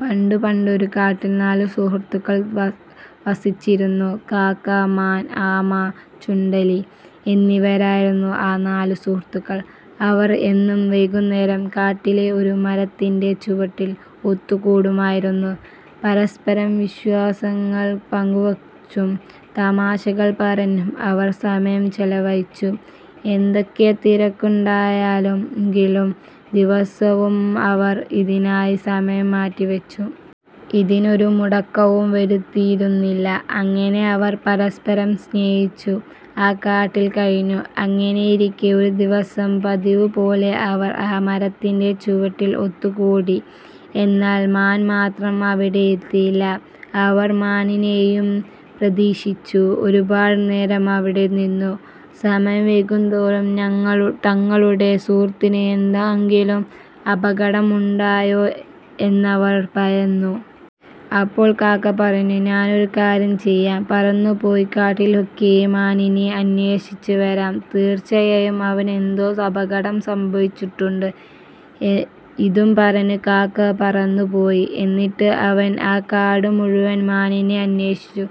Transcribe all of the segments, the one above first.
പണ്ടു പണ്ടൊരു കാട്ടിൽ നാല് സുഹൃത്തുക്കൾ വസിച്ചിരുന്നു. കാക്ക, മാൻ, ആമ, ചുണ്ടെലി എന്നിവരായിരുന്നു ആ നാല് സുഹൃത്തുക്കൾ. അവർ എന്നും വൈകുന്നേരം കാട്ടിലെ ഒരു മരത്തിന്റെ ചുവട്ടിൽ ഒത്തു കൂടുമായിരുന്നു. പരസ്പരം വിശേഷങ്ങൾ പങ്കുവച്ചും തമാശകൾ പറഞ്ഞും അവർ സമയം ചിലവഴിച്ചു. എന്തൊക്കെ തിരക്കുണ്ടെങ്കിലും ദിവസവും അവർ ഇതിനായി സമയം മാറ്റിവച്ചു. അതിനൊരു മുടക്കവും വരുത്തിയിരുന്നില്ല. അങ്ങനെ അവർ പരസ്പരം സ്നേഹിച്ചു ആ കാട്ടിൽ കഴിഞ്ഞു. അങ്ങനെയിരിക്കെ ഒരു ദിവസം പതിവു പോലെ അവർ ആ മരത്തിന്റെ ചുവട്ടിൽ ഒത്തുകൂടി. എന്നാൽ മാൻ മാത്രം അവിടെ എത്തിയില്ല. അവർ മാനിനെയും പ്രതീക്ഷിച്ചു ഒരുപാട് നേരം അവിടെ നിന്നു. സമയം വൈകുന്തോറും തങ്ങളുടെ സുഹൃത്തിന് എന്തെകിലും അപകടം ഉണ്ടായോ എന്നവർ ഭയന്നു. അപ്പോൾ കാക്ക പറഞ്ഞു "ഞാനൊരു കാര്യം ചെയ്യാം, പറന്നു പോയി കാട്ടിലൊക്കെ മാനിനെ അന്വേഷിച്ചിട്ട് വരാം. തീർച്ചയായും അവനു എന്തോ അപകടം സംഭവിച്ചിട്ടുണ്ട്. " ഇതും പറഞ്ഞു കാക്ക പറന്നു പോയി. എന്നിട്ട് അവൻ ആ കാടു മുഴുവൻ മാനിനെ അന്വേഷിച്ചു.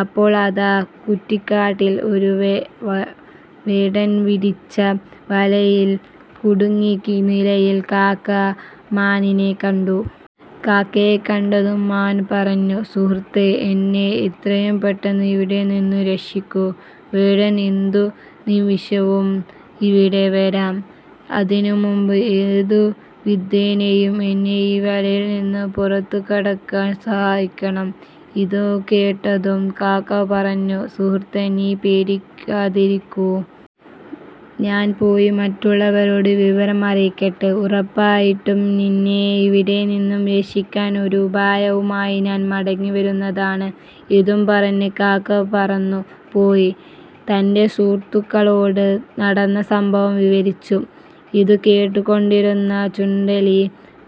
അപ്പോൾ അതാ കുറ്റിക്കാട്ടിൽ ഒരു വേടൻ വിരിച്ച വലയിൽ കുടുങ്ങിയ നിലയിൽ കാക്ക മാനിനെ കണ്ടു. കാക്കയെ കണ്ടതും മാൻ പറഞ്ഞു "സുഹൃത്തേ, എന്നെ എത്രയും പെട്ടന്ന് ഇവിടെ നിന്നു രക്ഷിക്കൂ. വേടൻ ഏതു നിമിഷവും ഇവിടെ വരാം. അതിനു മുൻപ് ഏതു വിധേനയും എന്നെ ഈ വലയിൽ നിന്നു പുറത്തു കടക്കാൻ സഹായിക്കണം. " ഇതു കേട്ടതും കാക്ക പറഞ്ഞു. "സുഹൃത്തേ, നീ പേടിക്കാതിരിക്കൂ. ഞാൻ പോയി മറ്റുള്ളവരോട് വിവരം അറിയിക്കട്ടെ. ഉറപ്പായിട്ടും നിന്നെ ഇവിടെ നിന്നു രക്ഷിക്കാൻ ഒരു ഉപായവുമായി ഞാൻ മടങ്ങി വരുന്നതാണ്. " ഇതും പറഞ്ഞു കാക്ക പറന്നു പോയി തന്റെ സുഹൃത്തുക്കളോട് നടന്ന സംഭവം വിവരിച്ചു. ഇതു കേട്ടു കൊണ്ടിരുന്ന ചുണ്ടെലി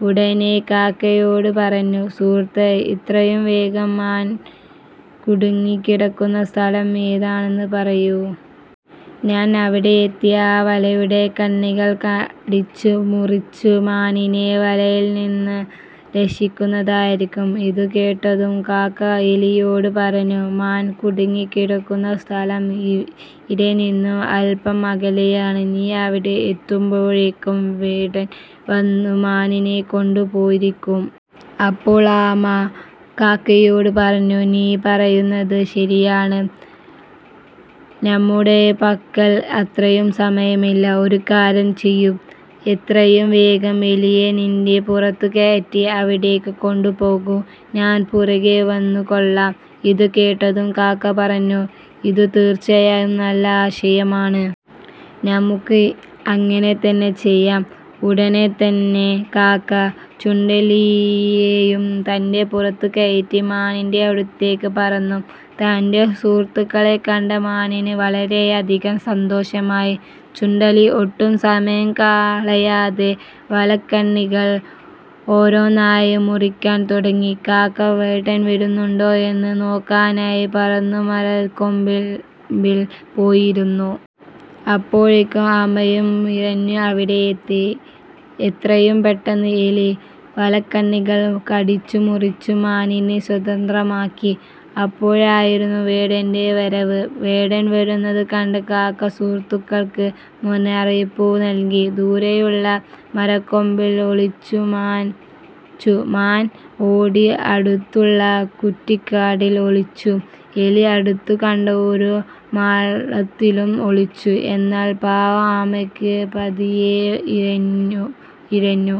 ഉടനെ കാക്കയോട് പറഞ്ഞു "സുഹൃത്തേ, എത്രയും വേഗം മാൻ കുടുങ്ങി കിടക്കുന്ന സ്ഥലം ഏതാണെന്ന് പറയൂ. ഞാൻ അവിടെ എത്തി ആ വലയുടെ കണ്ണികൾ കടിച്ചു മുറിച്ചു മാനിനെ വലയിൽ നിന്ന് രക്ഷിക്കുന്നതായിരിക്കും. " ഇതു കേട്ടതും കാക്ക എലിയോട് പറഞ്ഞു "മാൻ കുടുങ്ങി കിടക്കുന്ന സ്ഥലം ഇവിടെ നിന്നും അല്പം അകലെയാണ്. നീ അവിടെ എത്തുമ്പോഴേക്കും വേടൻ വന്നു മാനിനെ കൊണ്ടു പോയിരിക്കും. " അപ്പോൾ ആമ കാക്കയോട് പറഞ്ഞു "നീ പറയുന്നത് ശരിയാണ് നമ്മുടെ പക്കൽ അത്രയും സമയം ഇല്ല. ഒരു കാര്യം ചെയ്യൂ, എത്രയും വേഗം എലിയെ നിന്റെ പുറത്തു കയറ്റി അവിടേക്ക് കൊണ്ടു പോകൂ. ഞാൻ പുറകേ വന്നു കൊള്ളാം. " ഇതു കേട്ടതും കാക്ക പറഞ്ഞു "ഇതു തീർച്ചയായും നല്ല ആശയമാണ്. നമുക്ക് അങ്ങനെ തന്നെ ചെയ്യാം. " ഉടൻ തന്നെ കാക്ക ചുണ്ടെലിയെയും തന്റെ പുറത്തു കയറ്റി മാനിന്റെ അടുത്തേക്ക് പറന്നു. തന്റെ സുഹൃത്തുക്കളെ കണ്ട മാനിന് വളരെയധികം സന്തോഷമായി. ചുണ്ടെലി ഒട്ടും സമയം കളയാതെ വലക്കണ്ണികൾ ഓരോന്നായി മുറിക്കാൻ തുടങ്ങി. കാക്ക വേടൻ വരുന്നുണ്ടോ എന്നു നോക്കാനായി പറന്നു മരക്കൊമ്പിൽ പോയി ഇരുന്നു. അപ്പോഴേക്കും ആമയും ഇഴഞ്ഞു അവിടെ എത്തി. എത്രയും പെട്ടന്ന് എലി വലക്കണ്ണികൾ കടിച്ചു മുറിച്ചു മാനിനെ സ്വതന്ത്രമാക്കി. അപ്പോഴായിരുന്നു വേടന്റെ വരവ്. വേടൻ വരുന്നത് കണ്ട കാക്ക സുഹൃത്തുക്കൾക്ക് മുന്നറിയിപ്പും നൽകി ദൂരെയുള്ള മരക്കൊമ്പിൽ ഒളിച്ചു. മാൻ ഓടി അടുത്തുള്ള കുറ്റിക്കാട്ടിൽ ഒളിച്ചു. എലി അടുത്തു കണ്ട ഒരു മാളത്തിലും ഒളിച്ചു. എന്നാൽ പാവം ആമയ്ക്ക് പതിയെ ഇഴഞ്ഞു